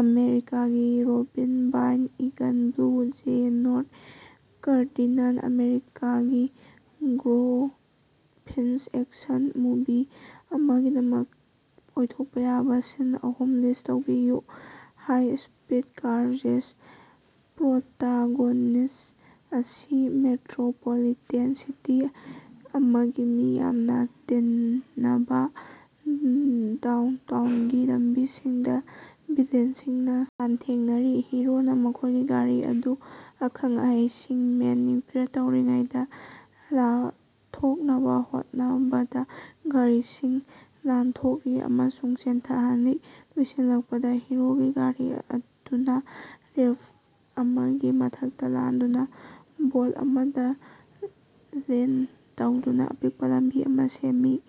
ꯑꯃꯦꯔꯤꯀꯥꯒꯤ robin bald eagle blue jay north cardinal ꯑꯃꯦꯔꯤꯀꯥꯒꯤ goldfinch action movie ꯑꯃꯒꯤꯗꯃꯛ ꯑꯣꯏꯊꯣꯛꯄ ꯌꯥꯕ ꯁꯤꯟ ꯑꯍꯨꯝ ꯂꯤꯁꯠ ꯇꯧꯕꯤꯌꯨ꯫ ꯍꯥꯏ-ꯁ꯭ꯄꯤꯗ ꯀꯥꯔ ꯆꯦꯖ: ꯄ꯭ꯔꯣꯇꯥꯒꯣꯅꯤꯁꯠ ꯑꯁꯤ ꯃꯦꯇ꯭ꯔꯣꯄꯣꯂꯤꯇꯦꯟ ꯁꯤꯇꯤ ꯑꯃꯒꯤ ꯃꯤ ꯌꯥꯝꯅ ꯇꯤꯟꯅꯕ ꯗꯥꯎꯟꯇꯥꯎꯟꯒꯤ ꯂꯝꯕꯤꯁꯤꯡꯗ ꯚꯤꯂꯦꯟꯁꯤꯡꯅ ꯂꯥꯟꯊꯦꯡꯅꯔꯤ꯫ ꯍꯤꯔꯣꯅ ꯃꯈꯣꯏꯒꯤ ꯒꯥꯔꯤ ꯑꯗꯨ ꯑꯈꯪ-ꯑꯍꯩꯁꯤꯡꯅ ꯃꯦꯅ꯭ꯌꯨꯑꯣꯔ ꯇꯧꯔꯤꯉꯩꯗ ꯂꯥꯞꯊꯣꯛꯅꯕ ꯍꯣꯠꯅꯕꯗ ꯒꯥꯔꯤꯁꯤꯡ ꯂꯥꯟꯊꯣꯛꯂꯤ ꯑꯃꯁꯨꯡ ꯆꯦꯟꯊꯔꯤ꯫ ꯂꯣꯏꯁꯤꯜꯂꯛꯄꯗ ꯍꯤꯔꯣꯒꯤ ꯒꯥꯔꯤ ꯑꯗꯨꯅ ꯔꯦꯝꯄ ꯑꯃꯒꯤ ꯃꯊꯛꯇ ꯂꯥꯟꯗꯨꯅ ꯕꯣꯠ ꯑꯃꯗ ꯂꯦꯟꯗ ꯇꯧꯗꯨꯅ ꯑꯄꯤꯛꯄ ꯂꯝꯕꯤ ꯑꯃ ꯁꯦꯝꯃꯤ꯫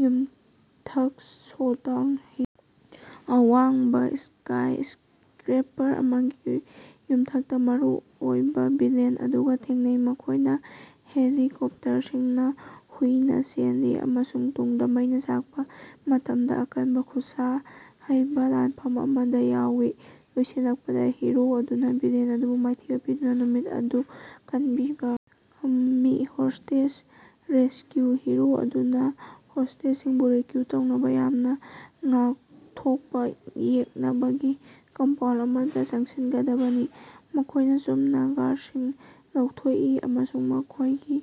ꯌꯨꯝꯊꯛ ꯁꯣꯗꯥꯎꯟ: ꯑꯋꯥꯡꯕ ꯁ꯭ꯀꯥꯏꯁ꯭ꯀꯔꯦꯄꯔ ꯑꯃꯒꯤ ꯌꯨꯝꯊꯛꯇ ꯃꯔꯨꯑꯣꯏꯕ ꯚꯤꯂꯦꯟ ꯑꯗꯨꯒ ꯊꯦꯡꯅꯩ꯫ ꯃꯈꯣꯏꯅ ꯍꯦꯂꯤꯀꯣꯞꯇꯔꯁꯤꯡꯅ ꯍꯨꯏꯅ ꯆꯦꯜꯂꯤ ꯑꯃꯁꯨꯡ ꯃꯇꯨꯡꯗ ꯃꯩꯅ ꯆꯥꯛꯄ ꯃꯇꯝꯗ ꯑꯀꯟꯕ ꯈꯨꯠꯁꯥ ꯍꯩꯕ ꯂꯥꯟꯐꯝ ꯑꯃꯗ ꯌꯥꯎꯏ꯫ ꯂꯣꯏꯁꯤꯜꯂꯛꯄꯗ ꯍꯤꯔꯣ ꯑꯗꯨꯅ ꯚꯤꯂꯦꯟ ꯑꯗꯨꯕꯨ ꯃꯥꯏꯊꯤꯕ ꯄꯤꯗꯨꯅ ꯅꯨꯃꯤꯠ ꯑꯗꯨ ꯀꯟꯕꯤꯕ ꯉꯝꯃꯤ꯫ ꯍꯣꯁ꯭ꯇꯦꯖ ꯔꯦꯁꯀ꯭ꯌꯨ: ꯍꯤꯔꯣ ꯑꯗꯨꯅ ꯍꯣꯁ꯭ꯇꯦꯖꯁꯤꯡꯕꯨ ꯔꯦꯁꯀ꯭ꯌꯨ ꯇꯧꯅꯕ ꯌꯥꯝꯅ ꯉꯥꯛꯊꯣꯛꯄ ꯌꯦꯛꯅꯕꯒꯤ ꯀꯝꯄꯥꯎꯟꯗ ꯑꯃꯗ ꯆꯪꯁꯤꯟꯒꯗꯕꯅꯤ꯫ ꯃꯈꯣꯏꯅ ꯆꯨꯝꯅ ꯒꯥꯔꯗꯁꯤꯡ ꯂꯧꯊꯣꯛꯏ ꯑꯃꯁꯨꯡ ꯃꯈꯣꯏꯒꯤ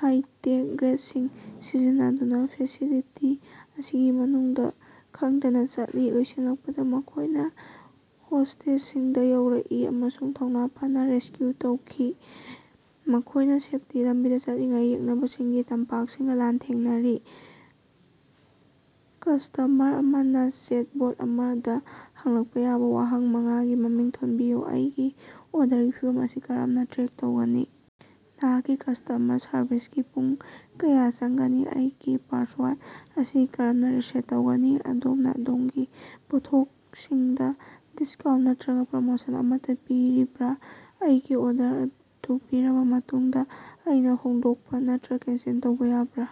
ꯍꯥꯏ-ꯇꯦꯛ ꯒꯦꯗꯖꯦꯠꯁꯤꯡ ꯁꯤꯖꯤꯟꯅꯗꯨꯅ ꯐꯦꯁꯤꯂꯤꯇꯤ ꯑꯁꯤꯒꯤ ꯃꯅꯨꯡꯗ ꯈꯪꯗꯅ ꯆꯠꯂꯤ꯫ ꯂꯣꯏꯁꯤꯜꯂꯛꯄꯗ, ꯃꯈꯣꯏꯅ ꯍꯣꯁ꯭ꯇꯦꯖꯁꯤꯡꯗ ꯌꯧꯔꯛꯏ ꯑꯃꯁꯨꯡ ꯊꯧꯅꯥ ꯐꯅ ꯔꯦꯁꯀ꯭ꯌꯨ ꯇꯧꯋꯤ꯫ ꯃꯈꯣꯏꯅ ꯁꯦꯐꯇꯤꯒꯤ ꯂꯝꯕꯤꯗ ꯆꯠꯂꯤꯉꯩꯗ ꯌꯦꯛꯅꯕꯁꯤꯡꯒꯤ ꯇꯝꯄꯥꯛꯁꯤꯡꯒ ꯂꯥꯟꯊꯦꯡꯅꯔꯤ꯫ ꯀꯁꯇꯃꯔ ꯑꯃꯅ ꯆꯦꯠꯕꯣꯠ ꯑꯃꯗ ꯍꯪꯂꯛꯄ ꯌꯥꯕ ꯋꯥꯍꯪ ꯃꯉꯥꯒꯤ ꯃꯃꯤꯡ ꯊꯣꯟꯕꯤꯌꯨ꯫ ꯑꯩꯒꯤ ꯑꯣꯔꯗꯔꯒꯤ ꯐꯤꯚꯝ ꯑꯁꯤ ꯀꯔꯝꯅ ꯇ꯭ꯔꯦꯛ ꯇꯧꯒꯅꯤ? ꯅꯍꯥꯛꯀꯤ ꯀꯁꯇꯃꯔ ꯁꯔꯚꯤꯁꯀꯤ ꯄꯨꯡ ꯀꯌꯥ ꯆꯪꯒꯅꯤ? ꯑꯩꯒꯤ ꯄꯥꯁꯋꯥꯔꯗ ꯑꯁꯤ ꯀꯔꯝꯅ ꯔꯤꯁꯦꯠ ꯇꯧꯒꯅꯤ? ꯑꯗꯣꯝꯅ ꯑꯗꯣꯝꯒꯤ ꯄꯣꯠꯊꯣꯛꯁꯤꯡꯗ ꯗꯤꯁꯀꯥꯎꯟꯇ ꯅꯠꯇ꯭ꯔꯒ ꯄ꯭ꯔꯣꯃꯣꯁꯟ ꯑꯃꯠꯇ ꯄꯤꯔꯤꯕ꯭ꯔꯥ? ꯑꯩꯒꯤ ꯑꯣꯔꯗꯔ ꯑꯗꯨ ꯄꯤꯔꯕ ꯃꯇꯨꯡꯗ ꯑꯩꯅ ꯍꯣꯡꯗꯣꯛꯄ ꯅꯠꯇ꯭ꯔꯒ ꯀꯦꯟꯁꯦꯜ ꯇꯧꯕ ꯌꯥꯕ꯭ꯔꯥ?